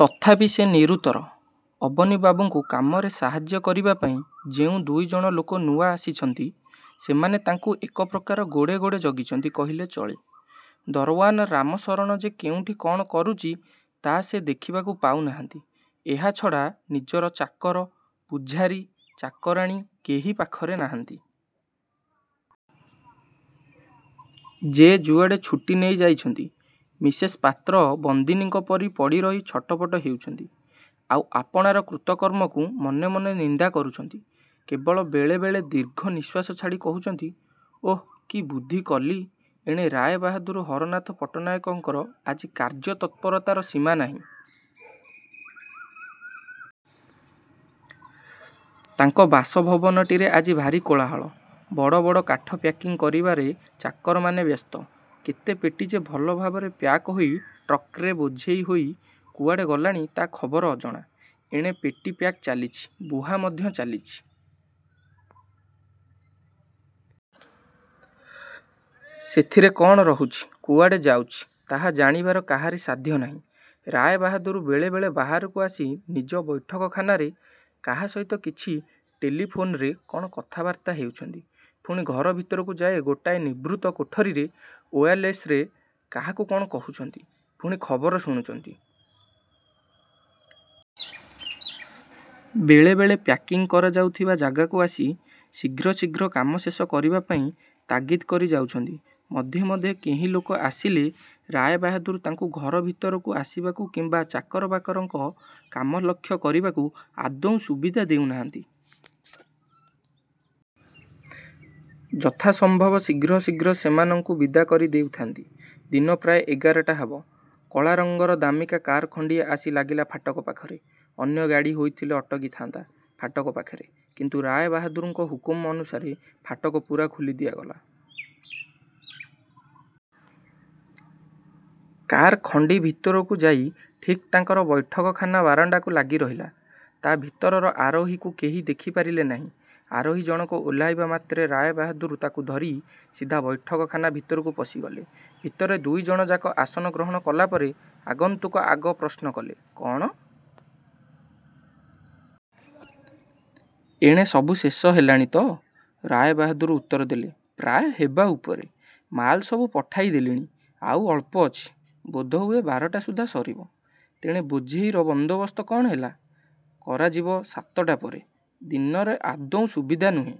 ତଥାପି ସେ ନିରୁତ୍ତର। ଅବନୀବାବୁଙ୍କୁ କାମରେ ସାହାଯ୍ୟ କରିବାପାଇଁ ଯେଉଁ ଦୁଇଜଣ ଲୋକ ନୂଆ ଆସିଛନ୍ତି, ସେମାନେ ତାଙ୍କୁ ଏକପ୍ରକାର ଗୋଡ଼େ ଗୋଡ଼େ ଜଗିଛନ୍ତି କହିଲେ ଚଳେ। ଦରଓ୍ୱାନ୍ ରାମଶରଣ ଯେ କେଉଁଠି କ'ଣ କରୁଛି ତା' ସେ ଦେଖିବାକୁ ପାଉ ନାହାନ୍ତି। ଏହା ଛଡ଼ା ନିଜର ଚାକର, ପୁଝାରୀ, ଚାକରାଣୀ କେହି ପାଖରେ ନାହାନ୍ତି। ଯେ ଯୁଆଡ଼େ ଛୁଟି ନେଇ ଯାଇଛନ୍ତି। ମିସେସ୍ ପାତ୍ର ବନ୍ଦିନୀଙ୍କ ପରି ପଡ଼ିରହି ଛଟ ପଟ ହେଉଛନ୍ତି, ଆଉ ଆପଣାର କୃତକର୍ମକୁ ମନେ ମନେ ନିନ୍ଦା କରୁଛନ୍ତି; କେବଳ ବେଳେ ବେଳେ ଦୀର୍ଘ ନିଃଶ୍ୱାସ ଛାଡ଼ି କହୁଛନ୍ତି-''ଓଃ! କି ବୁଦ୍ଧି କଲି-! '' ଏଣେ ରାୟବାହାଦୂର ହରନାଥ ପଟ୍ଟନାୟକଙ୍କର ଆଜି କାର୍ଯ୍ୟ ତତ୍ପରତାର ସୀମା ନାହିଁ-। ତାଙ୍କ ବାସଭବନଟିରେ ଆଜି ଭାରି କୋଳାହଳ। ବଡ଼ ବଡ଼ କାଠ ପ୍ୟାକିଂ କରିବାରେ ଚାକରମାନେ ବ୍ୟସ୍ତ। କେତେ ପେଟି ଯେ ଭଲ ଭାବରେ ପ୍ୟାକ୍ ହୋଇ ଟ୍ରକ୍ରେ ବୋଝେଇ ହୋଇ କୁଆଡ଼େ ଗଲାଣି ତା' ଖବର ଅଜଣା। ଏଣେ ପେଟି ପ୍ୟାକ୍ ଚାଲିଛି, ବୁହା ମଧ୍ୟ ଚାଲିଛି। ସେଥିରେ କ'ଣ ରହୁଛି, କୁଆଡ଼େ ଯାଉଛି, ତାହା ଜାଣିବାର କାହାରି ସାଧ୍ୟ ନାହିଁ। ରାୟବାହାଦୂର ବେଳେ ବେଳେ ବାହାରକୁ ଆସି ନିଜ ବୈଠକଖାନାରେ କାହା ସହିତ କିଛି ଟେଲି ଫୋନ୍ରେ କ'ଣ କଥାବାର୍ତ୍ତା ହେଉଛନ୍ତି, ପୁଣି ଘର ଭିତରକୁ ଯାଇ ଗୋଟାଏ ନିଭୃତ କୋଠରୀରେ ଓୟାରଲେସ୍ରେ କାହାକୁ କ'ଣ କହୁଛନ୍ତି, ପୁଣି ଖବର ଶୁଣୁଛନ୍ତି। ବେଳେ ବେଳେ ପ୍ୟାକିଂ କରାଯାଉଥିବା ଯାଗାକୁ ଆସି ଶୀଘ୍ର ଶୀଘ୍ର କାମ ଶେଷ କରିବାପାଇଁ ତାଗିଦ୍ କରି ଯାଉଛନ୍ତି। ମଧ୍ୟେ ମଧ୍ୟେ କେହି ଲୋକ ଆସିଲେ ରାୟବାହାଦୂର ତାଙ୍କୁ ଘର ଭିତରକୁ ଆସିବାକୁ କିମ୍ବା ଚାକର ବାକରଙ୍କ କାମ ଲକ୍ଷ୍ୟ କରିବାକୁ ଆଦୌ ସୁବିଧା ଦେଉ ନାହାନ୍ତି। ଯଥା ସମ୍ଭବ ଶୀଘ୍ର ଶୀଘ୍ର ସେମାନଙ୍କୁ ବିଦା କରି ଦେଉଥାନ୍ତି। ଦିନ ପ୍ରାୟ ଏଗାରଟା ହେବ, କଳାରଙ୍ଗର ଦାମିକା କାର୍ ଖଣ୍ଡିଏ ଆସି ଲାଗିଲା ଫାଟକ ପାଖରେ। ଅନ୍ୟ ଗାଡ଼ି ହୋଇଥିଲେ ଅଟକିଥାନ୍ତା ଫାଟକ ପାଖରେ, କିନ୍ତୁ ରାୟବାହାଦୂରଙ୍କ ହୁକୁମ ଅନୁସାରେ ଫାଟକ ପୂରା ଖୋଲି ଦିଆଗଲା। କାର୍ ଖଣ୍ଡି ଭିତରକୁ ଯାଇ ଠିକ୍ ତାଙ୍କର ବୈଠକଖାନା ବାରଣ୍ଡାକୁ ଲାଗି ରହିଲା। ତା' ଭିତରର ଆରୋହୀକୁ କେହି ଦେଖି ପାରିଲେ ନାହିଁ। ଆରୋହୀ ଜଣକ ଓହ୍ଲାଇବା ମାତ୍ରେ ରାୟବାହାଦୂର ତାକୁ ଧରି ସିଧା ବୈଠକ ଖାନା ଭିତରକୁ ପଶିଗଲେ। ଭିତରେ ଦୁଇଜଣଯାକ ଆସନଗ୍ରହଣ କଲାପରେ ଆଗନ୍ତୁକ ଆଗ ପ୍ରଶ୍ନ କଲେ-''କ'ଣ-? ଏଣେ ସବୁ ଶେଷ ହେଲାଣି ତ? '' ରାୟବାହାଦୂର ଉତ୍ତର ଦେଲେ-''ପ୍ରାୟ ହେବା ଉପରେ। ମାଲ ସବୁ ପଠାଇ ଦେଲିଣି, ଆଉ ଅଳ୍ପ ଅଛି। ବୋଧହୁଏ ବାରଟା ସୁଦ୍ଧା ସରିବ। ତେଣେ ବୋଝେଇର ବନ୍ଦୋବସ୍ତ କ'ଣ ହେଲା-? '' ''କରାଯିବ ସାତଟା ପରେ। ଦିନରେ ଆଦୌ ସୁବିଧା ନୁହେଁ।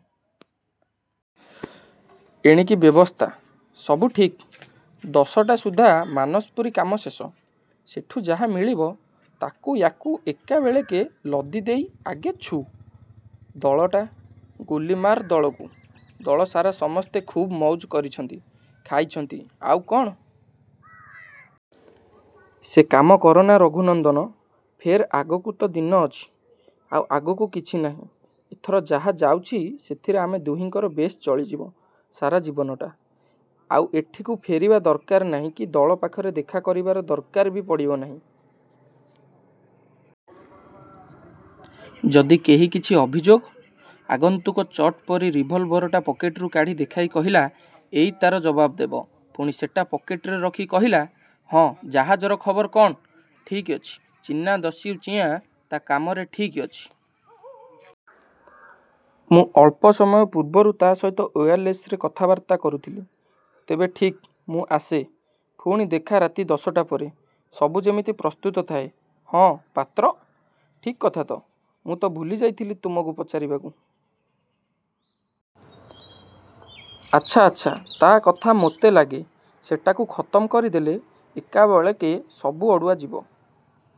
'' ''ଏଣିକି ବ୍ୟବସ୍ଥା? '' ''ସବୁ ଠିକ୍! ଦଶଟା ସୁଦ୍ଧା ମାନସପୁରୀ କାମ ଶେଷ। ସେଠୁ ଯାହା ମିଳିବ, ତାକୁ ୟାକୁ ଏକାବେଳକେ ଲଦି ଦେଇ ଆଗେ ଛୁ। '' ''ଦଳଟା? '' ''ଗୁଲି ମାର ଦଳକୁ। ଦଳସାରା ସମସ୍ତେ ଖୁବ୍ ମଉଜ କରିଛନ୍ତି, ଖାଇଛନ୍ତି, ଆଉ କ'ଣ-? '' ''ସେ କାମ କରନା ରଘୁନନ୍ଦନ! ଫେର୍ ଆଗକୁ ତ ଦିନ ଅଛି? '' ''ଆଉ ଆଗକୁ କିଛି ନାହିଁ। ଏଥର ଯାହା ଯାଉଛି ସେଥିରେ ଆମ ଦୁହିଙ୍କର ବେଶ୍ ଚଳିଯିବ ସାରା ଜୀବନଟା। ଆଉ ଏଠିକୁ ଫେରିବା ଦରକାର ନାହିଁ କି ଦଳ ପାଖରେ ଦେଖା କରିବାର ଦରକାର ବି ପଡ଼ିବ ନାହିଁ। '' ''ଯଦି କେହି କିଛି ଅଭିଯୋଗ? '' ଆଗନ୍ତୁକ ଚଟ୍ ପରି ରିଭଲଭରଟା ପକେଟରୁ କାଢ଼ି ଦେଖାଇ କହିଲା-''ଏଇ ତା'ର ଜବାବ ଦେବ। '' ପୁଣି ସେଟା ପକେଟରେ ରଖି କହିଲା-''ହଁ, ଜାହାଜର ଖବର କ'ଣ? '' ''ଠିକ୍ ଅଛି? ଚୀନା ଦସ୍ୟୁ ଚିୟାଂ ତା'କାମରେ ଠିକ୍ ଅଛି। ମୁଁ ଅଳ୍ପ ସମୟ ପୂର୍ବରୁ ତା' ସହିତ ଓୟାରଲେସ୍ରେ କଥାବାର୍ତ୍ତା କରୁଥିଲି। ''ତେବେ ଠିକ୍! ମୁଁ ଆସେ। ପୁଣି ଦେଖା ରାତି ଦଶଟା ପରେ। ସବୁ ଯେମିତି ପ୍ରସ୍ତୁତ ଥାଏ। ହଁ,। ପାତ୍ର? '' ''ଠିକ୍ କଥା ତ! ମୁଁ ତ ଭୁଲି ଯାଇଥିଲି ତୁମକୁ ପଚାରିବାକୁ। '' ''ଆଚ୍ଛା, ଆଚ୍ଛା; ତା' କଥା ମୋତେ ଲାଗେ। ସେଟାକୁ ଖତମ୍ କରିଦେଲେ ଏକାବେଳକେ ସବୁ ଅଡ଼ୁଆ ଯିବ।